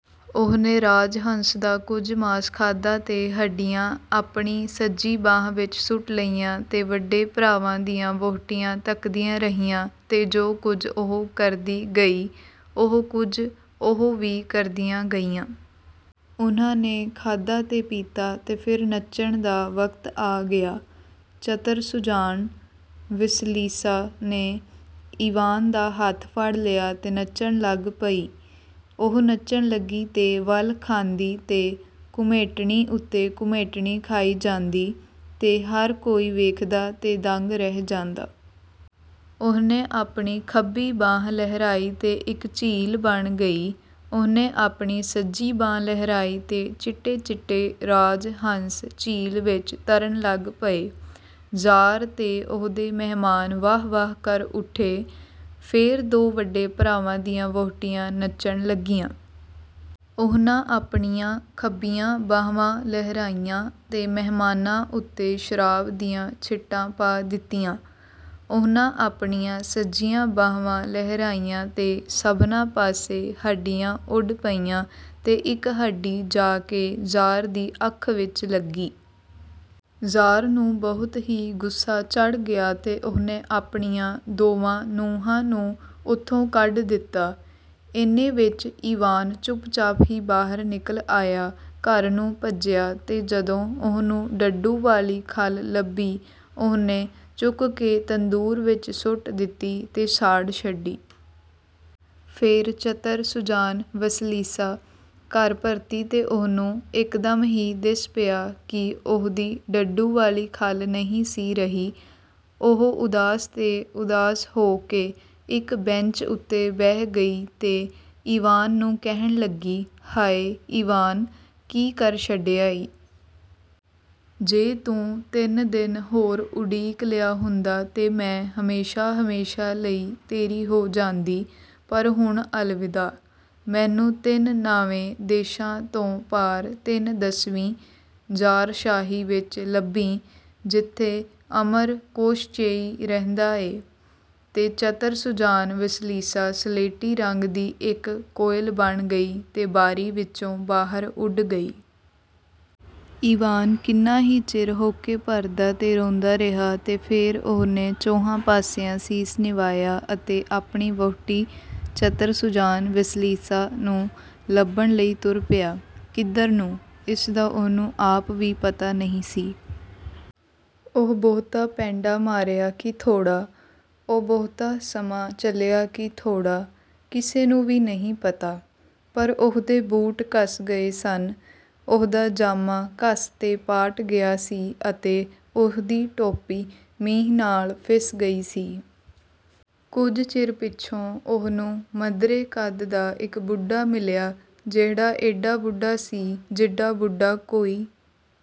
ਉਹਨੇ ਰਾਜ ਹੰਸ ਦਾ ਕੁਝ ਮਾਸ ਖਾਧਾ ਤੇ ਹੱਡੀਆਂ ਆਪਣੀ ਸੱਜੀ ਬਾਂਹ ਵਿੱਚ ਸੁੱਟ ਲਈਆਂ ਤੇ ਵੱਡੇ ਭਰਾਵਾਂ ਦੀਆਂ ਵਹੁਟੀਆਂ ਤੱਕਦੀਆਂ ਰਹੀਆਂ ਤੇ ਜੋ ਕੁਝ ਉਹ ਕਰਦੀ ਗਈ, ਉਹੋ ਕੁਝ ਉਹ ਵੀ ਕਰਦੀਆਂ ਗਈਆਂ। ਉਹਨਾਂ ਨੇ ਖਾਧਾ ਤੇ ਪੀਤਾ ਤੇ ਫੇਰ ਨੱਚਣ ਦਾ ਵਕਤ ਆ ਗਿਆ। ਚਤਰ-ਸੁਜਾਨ ਵਸਿਲੀਸਾ ਨੇ ਈਵਾਨ ਦਾ ਹੱਥ ਫੜ ਲਿਆ ਤੇ ਨੱਚਣ ਲੱਗ ਪਈ। ਉਹ ਨੱਚਣ ਲੱਗੀ ਤੇ ਵਲ ਖਾਂਦੀ ਤੇ ਘੁਮੇਟਣੀ ਉੱਤੇ ਘੁਮੇਟਣੀ ਖਾਈ ਜਾਂਦੀ, ਤੇ ਹਰ ਕੋਈ ਵੇਖਦਾ ਤੇ ਦੰਗ ਰਹਿ ਜਾਂਦਾ। ਉਹਨੇ ਆਪਣੀ ਖੱਬੀ ਬਾਂਹ ਲਹਿਰਾਈ ਤੇ ਇੱਕ ਝੀਲ ਬਣ ਗਈ। ਉਹਨੇ ਆਪਣੀ ਸੱਜੀ ਬਾਂਹ ਲਹਿਰਾਈ ਤੇ ਚਿੱਟੇ-ਚਿੱਟੇ ਰਾਜ ਹੰਸ ਝੀਲ ਵਿੱਚ ਤਰਨ ਲੱਗ ਪਏ। ਜ਼ਾਰ ਤੇ ਉਹਦੇ ਮਹਿਮਾਨ ਵਾਹ-ਵਾਹ ਕਰ ਉੱਠੇ। ਫੇਰ ਦੋ ਵੱਡੇ ਭਰਾਵਾਂ ਦੀਆਂ ਵਹੁਟੀਆਂ ਨੱਚਣ ਲੱਗੀਆਂ। ਉਹਨਾਂ ਆਪਣੀਆਂ ਖੱਬੀਆਂ ਬਾਹਵਾਂ ਲਹਿਰਾਈਆਂ ਤੇ ਮਹਿਮਾਨਾਂ ਉੱਤੇ ਸ਼ਰਾਬ ਦੀਆਂ ਛਿੱਟਾਂ ਪਾ ਦਿੱਤੀਆਂ। ਉਹਨਾਂ ਆਪਣੀਆਂ ਸੱਜੀਆਂ ਬਾਹਵਾਂ ਲਹਿਰਾਈਆਂ ਤੇ ਸਭਨਾਂ ਪਾਸੇ ਹੱਡੀਆਂ ਉੱਡ ਪਈਆਂ ਤੇ ਇੱਕ ਹੱਡੀ ਜਾ ਕੇ ਜ਼ਾਰ ਦੀ ਅੱਖ ਵਿੱਚ ਲੱਗੀ। ਜ਼ਾਰ ਨੂੰ ਬਹੁਤ ਹੀ ਗੁੱਸਾ ਚੜ੍ਹ ਗਿਆ ਤੇ ਉਹਨੇ ਆਪਣੀਆਂ ਦੋਵਾਂ ਨੂੰਹਾਂ ਨੂੰ ਉਥੋਂ ਕੱਢ ਦਿੱਤਾ। ਏਨੇ ਵਿੱਚ ਈਵਾਨ ਚੁੱਪਚਾਪ ਹੀ ਬਾਹਰ ਨਿਕਲ ਆਇਆ, ਘਰ ਨੂੰ ਭੱਜਿਆ ਤੇ ਜਦੋਂ ਉਹਨੂੰ ਡੱਡੂ ਵਾਲੀ ਖੱਲ ਲੱਭੀ, ਉਹਨੇ ਚੁੱਕ ਕੇ ਤੰਦੂਰ ਵਿੱਚ ਸੁੱਟ ਦਿੱਤੀ ਤੇ ਸਾੜ ਛੱਡੀ। ਫੇਰ ਚਤਰ-ਸੁਜਾਨ ਵਸਿਲੀਸਾ ਘਰ ਪਰਤੀ ਤੇ ਉਹਨੂੰ ਇਕਦਮ ਹੀ ਦਿਸ ਪਿਆ ਕਿ ਉਹਦੀ ਡੱਡੂ ਵਾਲੀ ਖੱਲ ਨਹੀਂ ਸੀ ਰਹੀ। ਉਹ ਉਦਾਸ ਤੇ ਉਦਾਸ ਹੋ ਕੇ ਇੱਕ ਬੈਂਚ ਉੱਤੇ ਬਹਿ ਗਈ ਤੇ ਈਵਾਨ ਨੂੰ ਕਹਿਣ ਲੱਗੀ, "ਹਾਇ, ਈਵਾਨ, ਕੀ ਕਰ ਛੱਡਿਆ ਈ? ਜੇ ਤੂੰ ਤਿੰਨ ਦਿਨ ਹੋਰ ਉਡੀਕ ਲਿਆ ਹੁੰਦਾ ਤੇ ਮੈਂ ਹਮੇਸ਼ਾਂ-ਹਮੇਸ਼ਾਂ ਲਈ ਤੇਰੀ ਹੋ ਜਾਂਦੀ। ਪਰ ਹੁਣ ਅਲਵਿਦਾ। ਮੈਨੂੰ ਤਿੰਨ-ਨਾਵੇ ਦੇਸ਼ਾਂ ਤੋਂ ਪਾਰ ਤਿੰਨ-ਦਸਵੀਂ ਜ਼ਾਰਸ਼ਾਹੀ ਵਿੱਚ ਲੱਭੀਂ, ਜਿੱਥੇ ਅਮਰ ਕੋਸ਼ਚੇਈ ਰਹਿੰਦਾ ਏ।" ਤੇ ਚਤਰ-ਸੁਜਾਨ ਵਸਿਲੀਸਾ ਸਲੇਟੀ ਰੰਗ ਦੀ ਇੱਕ ਕੋਇਲ ਬਣ ਗਈ ਤੇ ਬਾਰੀ ਵਿੱਚੋਂ ਬਾਹਰ ਉੱਡ ਗਈ। ਈਵਾਨ ਕਿੰਨਾ ਹੀ ਚਿਰ ਹਉਕੇ ਭਰਦਾ ਤੇ ਰੋਂਦਾ ਰਿਹਾ ਤੇ ਫੇਰ ਉਹਨੇ ਚੌਹਾਂ ਪਾਸਿਆਂ ਸੀਸ ਨਿਵਾਇਆ ਅਤੇ ਆਪਣੀ ਵਹੁਟੀ, ਚਤਰ-ਸੁਜਾਨ ਵਸਿਲੀਸਾ, ਨੂੰ ਲੱਭਣ ਲਈ ਤੁਰ ਪਿਆ। ਕਿੱਧਰ ਨੂੰ? ਇਸ ਦਾ ਉਹਨੂੰ ਆਪ ਵੀ ਪਤਾ ਨਹੀਂ ਸੀ। ਉਹ ਬਹੁਤਾ ਪੈਂਡਾ ਮਾਰਿਆ ਕਿ ਥੋੜ੍ਹਾ, ਉਹ ਬਹੁਤ ਸਮਾਂ ਚੱਲਿਆ ਕਿ ਥੋੜ੍ਹਾ, ਕਿਸੇ ਨੂੰ ਵੀ ਨਹੀਂ ਪਤਾ। ਪਰ ਉਹਦੇ ਬੂਟ ਘਸ ਗਏ ਸਨ, ਉਹਦਾ ਜਾਮਾ ਘਸ ਤੇ ਪਾਟ ਗਿਆ ਸੀ ਅਤੇ ਉਹਦੀ ਟੋਪੀ ਮੀਂਹ ਨਾਲ ਫਿੱਸ ਗਈ ਸੀ। ਕੁਝ ਚਿਰ ਪਿੱਛੋਂ ਉਹਨੂੰ ਮਧਰੇ ਕੱਦ ਦਾ ਇੱਕ ਬੁੱਢਾ ਮਿਲਿਆ, ਜਿਹੜਾ ਏਡਾ ਬੁੱਢਾ ਸੀ, ਜਿੱਡਾ ਬੁੱਢਾ ਕੋਈ